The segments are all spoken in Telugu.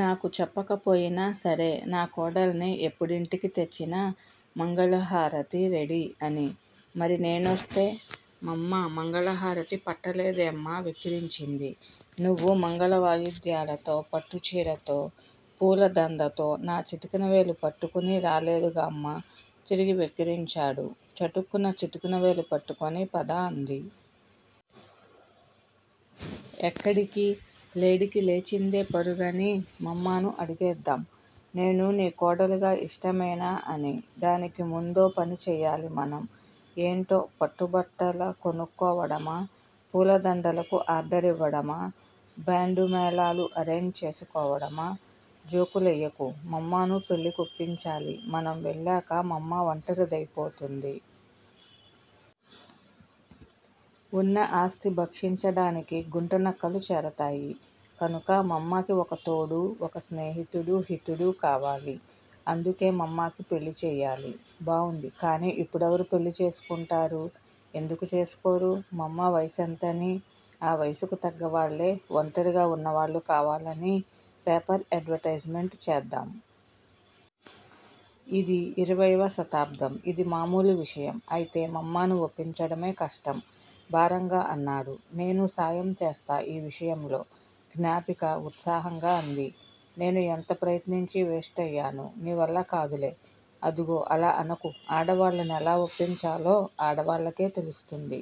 నాకు చెప్పకపోయినా సరే నా కోడల్ని ఎప్పుడింటికి తెచ్చినా మంగళహారతి రెడీ' అని! మరి, నేనొస్తే మమ్మా మంగళహారతి పట్టలేదేమ్మా?! వెక్కిరించింది. నువ్వు మంగళవాయిద్యాలతో, పట్టుచీరతో, పూలదందతో, నా చిటికెన వేలు పట్టుకుని రాలేదుగామ్మా! తిరిగి వెక్కిరించాడు. చటుకున్న చిటికెన వేలు పట్టుకుని, పద! అంది. ఎక్కడికీ లేడికి లేచిందే పరుగని?! మమ్మాను అడిగేద్దాం- 'నేను నీ కోడలుగా ఇష్టమేనా ' అని! దానికి ముందో పని చెయ్యాలి మనం! ఏంటో?! పట్టుబట్టల కొనుక్కోవడమా? పూలదండలకు ఆర్దరివ్వడమా? బాండూ, మేళాలు అరేంజ్ చేసుకోవడమా? జోకులెయ్యకు! మమ్మాను పెళ్ళికొప్పించాలి! మనం వెళ్లాక మమ్మా ఒంటరి దయిపోతుంది. ఉన్న ఆస్తి భక్షించడానికి గుంటనక్కలు చేరతాయి. కనుక మమ్మాకి ఒక తోడూ, ఒక స్నేహితుడూ, హితుడు కావాలి! అందుకే మమ్మాకి పెళ్ళి చెయ్యాలి. బావుంది! కానీ, ఇప్పుడెవరు పెళ్ళి చేసుకుంటారు? ఎందుకు చేసుకోరు? మామ్మా వయ సెంతని? ఆ వయసుకు తగ్గవాళ్ళే, ఒంటరిగా ఉన్నవాళ్ళు కావాలని పేపర్ అడ్వటైజ్ మెంట్ చేద్దాం! ఇది ఇరవై వ శతాబ్దం ఇది మామూలు విషయం! అయితే మమ్మాను ఒప్పించడమే కష్టం! భారంగా అన్నాడు. నేనూ సాయం చేస్తా ఈ విషయంలో! జ్ఞాపిక ఉత్సాహంగా అంది. నేను ఎంత ప్రయత్నించీ వేస్టయ్యాను. నీవల్ల కాదులే! అదుగో అలా అనకు! ఆడవాళ్ళనెలా ఒప్పించాలో ఆడవాళ్ళకే తెలుస్తుంది.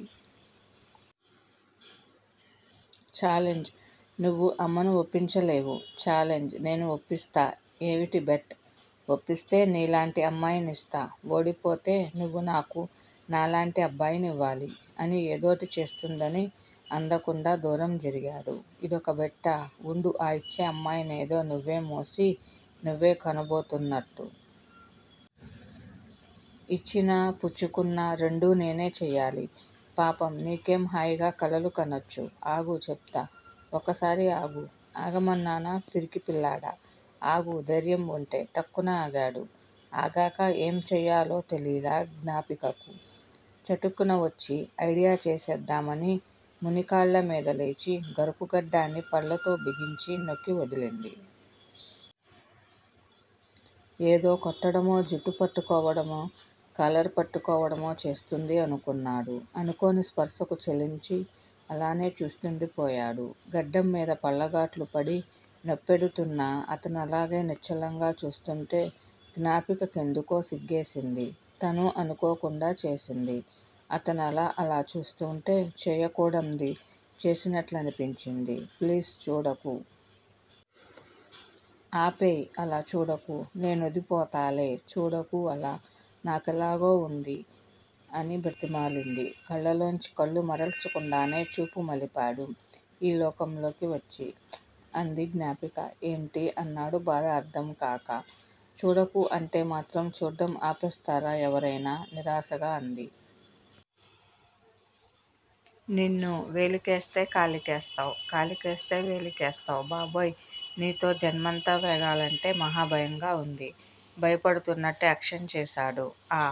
ఛాలెంజ్! నువ్వు అమ్మను ఒప్పించలేవు. ఛాలెంజ్! నేను ఒప్పిస్తా! ఏవిటి బెట్? ఒప్పిస్తే నీలాంటి అమ్మాయినిస్తా! ఓడిపోతే నువ్వు నాకు నాలాంటి అబ్బాయినివ్వాలి! అని ఏదోటి చేస్తుందని అందకుండా దూరం జరిగాడు. ఇదొక బెట్టా! ఉండు ఆ ఇచ్చే అమ్మాయినేదో నువ్వే మోసి, నువ్వే కనబోతున్నాట్టు! ఇచ్చినా, పుచ్చుకున్నా రెండూ నేనే చెయ్యాలి! పాపం నీకేం హాయిగా కలలు కనొచ్చు! ఆగు చెప్తా! ఒక్కసారి ఆగు! ఆగమన్నానా పిరికిపిల్లాడా ఆగు దైర్యం ఉంటే! ఠక్కున ఆగాడు! ఆగాక ఏంచెయ్యాలో తెలీలా గ్నపికకు! చటుక్కున వచ్చి ఐడియా చేసేద్దామని మునికాళ్ల మీద లేచి గరుకుగడ్డాన్ని పళ్లతో బిగించి నొక్కి వదిలింది. ఏదో కొట్టడమో, జుట్టు పట్టుకోవడమో, కాలర్ పట్టుకోవడమో చేస్తుంది అనుకున్నాడు. అనుకొని స్పర్శకు చలించి అలానే చూస్తుండిపోయాడు. గడ్డంమీద పళ్లగాట్లు పడి నెప్పెడుతున్నా అతనలాగే నిశ్చలంగా చూస్తుంటే జ్ఞాపిక కెందుకో సిగ్గేసింది! తనూ అనుకోకుండా చేసింది. అతనలా, అలా చూస్తూంటే చేయకూడంది చేసినట్లనిపించింది. ప్లీజ్ చూడకూ! ఆ పేయ్ఁ అలా చూడకూ! నేనోదిపోతాలే- చూడకూ అలా! నాకెలాగో ఉంది! అని బ్రతిమాలింది. కళ్ళలోంచి కళ్ళు మరల్చకుండానే చూపు మలిపాడు- ఈ లోకంలోకి వచ్చి. ష్చ్ అంది జ్ఞాపిక. ఏంటి? అన్నాడు బాధ అర్థంకాక. చూడకూ అంటే మాత్రం చూడ్డం ఆపేస్తారా ఎవరయినా?! నిరాశాగా అంది. నిన్నూ! వేలికేస్తే కాలికేస్తావ్, కాలికేస్తే వేలికేస్తావ్! బాబోయ్ఁ నీతో జన్మంతా వేగాలంటే మహా భయంగా ఉంది! భయపడుతున్నట్టు యాక్షన్ చేశాడు. ఆఁ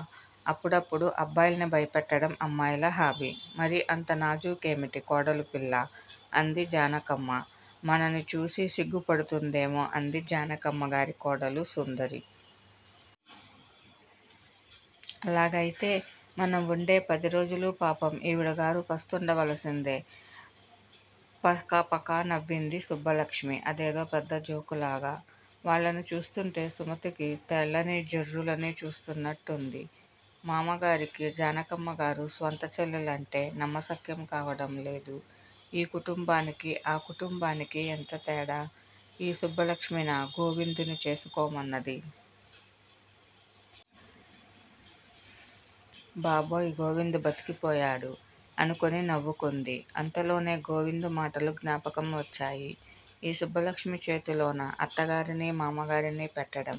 అప్పుడప్పుడు అబ్బాయిల్ని భయపెట్టడం అమ్మాయిల హాబీ! మరీ అంత నాజుకేమిటి కోడలుపిల్లా? అంది జానకమ్మ మనని చూసి సిగ్గు పడుతుందేమో! అంది జానకమ్మగారి కోడలు సుందరి. అలాగయితే మనంవుండే పదిరోజులూ పాపం ఈవిడగారు పస్తుండవలసిందే పకపకా నవ్వింది సుబ్బలక్ష్మి అదేదో పెద్ద జోకులాగా. వాళ్ళని చూస్తుంటే సుమతికి తేళ్ళనీ, జెర్రులనీ చూస్తూన్నట్టుంది. మామగారికి జానకమ్మగారు స్వంత చేల్లెలంటే నమ్మశక్యం కావడంలేదు. ఈ కుటుంబానికీ ఆ కుటుంబానికీ ఎంతతేడా! ఈ సుబ్బలక్ష్మినా, గోవిందుని చేసుకొమన్నది? బాబోయ్ గోవింద్ బతికిపోయాడు అనుకుని నవ్వుకుంది అంతలోనే గోవిందు మాటలు జ్ఞాపకం వచ్చాయి. ఈ సుబ్బలక్ష్మి చేతిలోనా అత్తగారినీ, మామగారినీ పెట్టడం?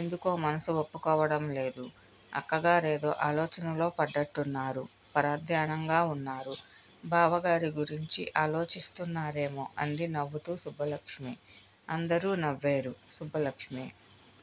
ఎందుకో మనసు ఒప్పుకోవడంలేదు. అక్కగారేదో ఆలోచనలో పడ్డట్టున్నారు. పరధ్యానంగా వున్నారు. బావాగారి గురించి ఆలోచిస్తున్నారేమో! అంది నవ్వుతూ సుబ్బలక్ష్మి. అందరూ నవ్వేరు. సుబ్బలక్ష్మి